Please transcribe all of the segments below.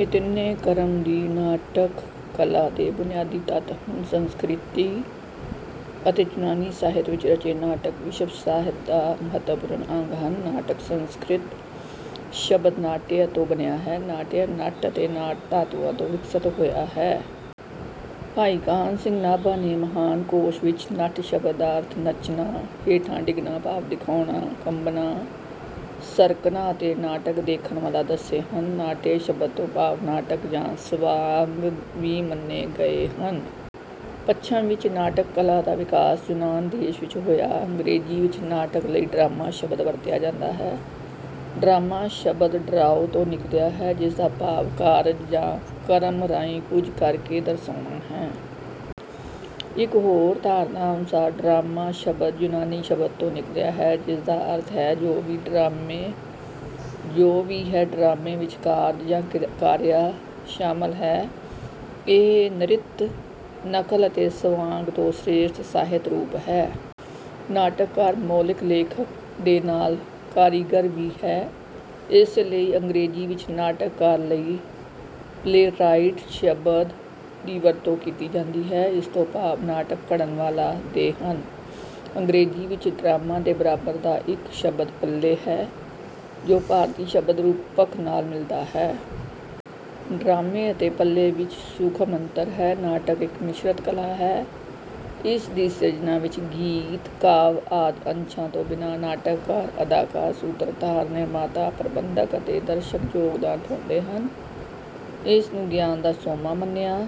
ਇਹ ਤਿੰਨੇ ਕਰਮ ਹੀ ਨਾਟਕ ਕਲਾ ਦੇ ਬੁਨਿਆਦੀ ਤੱਤ ਹਨ। ਸੰਸਕ੍ਰਿਤ ਅਤੇ ਯੂਨਾਨੀ ਸਾਹਿਤ ਵਿੱਚ ਰਚੇ ਨਾਟਕ ਵਿਸ਼ਵ ਸਾਹਿਤ ਦਾ ਮਹੱਤਵਪੂਰਨ ਅੰਗ ਹਨ। ਨਾਟਕ ਸੰਸਕ੍ਰਿਤ ਸ਼ਬਦ ਨਾਟਯ ਤੋਂ ਬਣਿਆ ਹੈ। ਨਾਟਯ ਨਟ ਅਤੇ ਨਾਟ ਧਾਤੂਆਂ ਤੋਂ ਵਿਕਸਿਤ ਹੋਇਆ ਹੈ। ਭਾਈ ਕਾਨ੍ਹ ਸਿੰਘ ਨਾਭਾ ਨੇ ਮਹਾਨ ਕੋਸ਼ ਵਿੱਚ ਨਟ ਸ਼ਬਦ ਦਾ ਅਰਥ ਨੱਚਣਾ, ਹੇਠਾਂ ਡਿੱਗਣਾ, ਭਾਵ ਦਿਖਾਉਣਾ, ਕੰਬਣਾ, ਸਰਕਣਾ ਅਤੇ ਨਾਟਕ ਦੇਖਣ ਵਾਲਾ ਦੱਸੇ ਹਨ। ਨਾਟਯ ਸ਼ਬਦ ਤੋਂ ਭਾਵ ਨਾਟਕ ਜਾਂ ਸਵਾਂਗ ਵੀ ਮੰਨੇ ਗਏ ਹਨ। ਪੱਛਮ ਵਿੱਚ ਨਾਟਕ ਕਲਾ ਦਾ ਵਿਕਾਸ ਯੂਨਾਨ ਦੇਸ਼ ਵਿੱਚ ਹੋਇਆ। ਅੰਗਰੇਜ਼ੀ ਵਿੱਚ ਨਾਟਕ ਲਈ ਡਰਾਮਾ ਸ਼ਬਦ ਵਰਤਿਆ ਜਾਂਦਾ ਹੈ। ਡਰਾਮਾ ਸ਼ਬਦ ਡਰਾਓ ਤੋਂ ਨਿਕਲਿਆ ਹੈ, ਜਿਸਦਾ ਭਾਵ ਕਾਰਜ ਜਾਂ ਕਰਮ ਰਾਹੀਂ ਕੁਝ ਕਰ ਕੇ ਦਰਸਾਉਣਾ ਹੈ। ਇੱਕ ਹੋਰ ਧਾਰਨਾ ਅਨੁਸਾਰ ਡਰਾਮਾ ਸ਼ਬਦ ਯੂਨਾਨੀ ਸ਼ਬਦ ਤੋਂ ਨਿਕਲਿਆ ਹੈ, ਜਿਸਦਾ ਅਰਥ ਹੈ। ਜੋ ਵੀ ਹੈ ਡਰਾਮੇ ਵਿੱਚ ਕਾਰਜ ਜਾਂ ਕਿਰਿਆ ਸ਼ਾਮਲ ਹੈ, ਇਹ ਨ੍ਰਿਤ, ਨਕਲ ਅਤੇ ਸਵਾਂਗ ਤੋਂ ਸ੍ਰੇਸ਼ਠ ਸਾਹਿਤ ਰੂਪ ਹੈ। ਨਾਟਕਕਾਰ ਮੌਲਿਕ ਲੇਖਕ ਦੇ ਨਾਲ ਕਾਰੀਗਰ ਵੀ ਹੈ। ਇਸੇ ਲਈ ਅੰਗਰੇਜ਼ੀ ਵਿੱਚ ਨਾਟਕਾਰ ਲਈ ਪਲੇਰਾਈਟ ਸ਼ਬਦ ਦੀ ਵਰਤੋਂ ਕੀਤੀ ਜਾਂਦੀ ਹੈ। ਇਸ ਤੋਂ ਭਾਵ ਨਾਟਕ ਘੜਨ ਵਾਲਾ ਦੇ ਹਨ। ਅੰਗਰੇਜ਼ੀ ਵਿੱਚ ਡਰਾਮਾ ਦੇ ਬਰਾਬਰ ਦਾ ਇੱਕ ਸ਼ਬਦ ਪਲੇ ਹੈ, ਜੋ ਭਾਰਤੀ ਸ਼ਬਦ ਰੂਪਕ ਨਾਲ ਮਿਲਦਾ ਹੈ। ਡਰਾਮੇ ਅਤੇ ਪਲੇ ਵਿੱਚ ਸੂਖਮ ਅੰਤਰ ਹੈ। ਨਾਟਕ ਇੱਕ ਮਿਸ਼ਰਿਤ ਕਲਾ ਹੈ। ਇਸ ਦੀ ਸਿਰਜਣਾ ਵਿੱਚ ਗੀਤ, ਕਾਵਿ ਆਦਿ ਅੰਸ਼ਾਂ ਤੋਂ ਬਿਨਾਂ ਨਾਟਕਕਾਰ, ਅਦਾਕਾਰ, ਸੂਤਰਧਾਰ, ਨਿਰਮਾਤਾ, ਪ੍ਰਬੰਧਕ ਅਤੇ ਦਰਸ਼ਕ ਯੋਗਦਾਨ ਪਾਉਂਦੇ ਹਨ। ਇਸ ਨੂੰ ਗਿਆਨ ਦਾ ਸੋਮਾ ਮੰਨਦਿਆਂ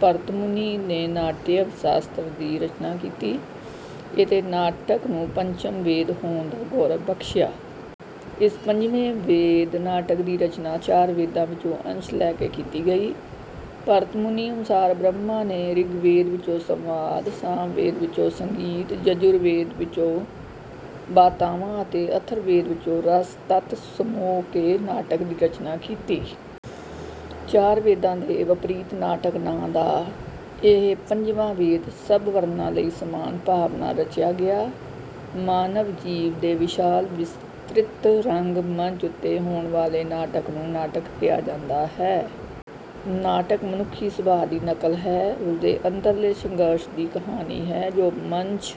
ਭਰਤਮੁਨੀ ਨੇ ਨਾਟਯ ਸ਼ਾਸਤਰ ਦੀ ਰਚਨਾ ਕੀਤੀ, ਅਤੇ ਨਾਟਕ ਨੂੰ ਪੰਚਮ ਵੇਦ ਹੋਣ ਦਾ ਗੌਰਵ ਬਖਸ਼ਿਆ। ਇਸ ਪੰਜਵੇਂ ਵੇਦ ਨਾਟਕ ਦੀ ਰਚਨਾ ਚਾਰ ਵੇਦਾਂ ਵਿੱਚੋਂ ਅੰਸ਼ ਲੈ ਕੇ ਕੀਤੀ ਗਈ। ਭਰਤ ਮੁਨੀ ਅਨੁਸਾਰ ਬ੍ਰਹਮਾ ਨੇ ਰਿਗਵੇਦ ਵਿੱਚੋਂ ਸੰਵਾਦ, ਸਾਮਵੇਦ ਵਿੱਚੋਂ ਸੰਗੀਤ, ਯਜੁਰ ਵੇਦ ਵਿੱਚੋਂ ਬਾਤਾਵਾਂ ਅਤੇ ਅਥਰਵ ਵੇਦ ਵਿੱਚੋਂ ਰਸ ਤੱਤ ਸਮੋ ਕੇ ਨਾਟਕ ਦੀ ਰਚਨਾ ਕੀਤੀ। ਚਾਰ ਵੇਦਾਂ ਦੇ ਵਿਪਰੀਤ ਨਾਟਕ ਨਾਂ ਦਾ ਇਹ ਪੰਜਵਾਂ ਵੇਦ ਸਭ ਵਰਨਾਂ ਲਈ ਸਮਾਨ ਭਾਵ ਨਾਲ ਰਚਿਆ ਗਿਆ। ਮਾਨਵ ਜੀਵਨ ਦੇ ਵਿਸ਼ਾਲ ਵਿਸਤ੍ਰਿਤ ਰੰਗ ਮੰਚ ਉੱਤੇ ਹੋਣ ਵਾਲੇ ਨਾਟਕ ਨੂੰ ਨਾਟਕ ਕਿਹਾ ਜਾਂਦਾ ਹੈ। ਨਾਟਕ ਮਨੁੱਖੀ ਸੁਭਾਅ ਦੀ ਨਕਲ ਹੈ, ਉਸ ਦੇ ਅੰਦਰਲੇ ਸੰਘਰਸ਼ ਦੀ ਕਹਾਣੀ ਹੈ, ਜੋ ਮੰਚ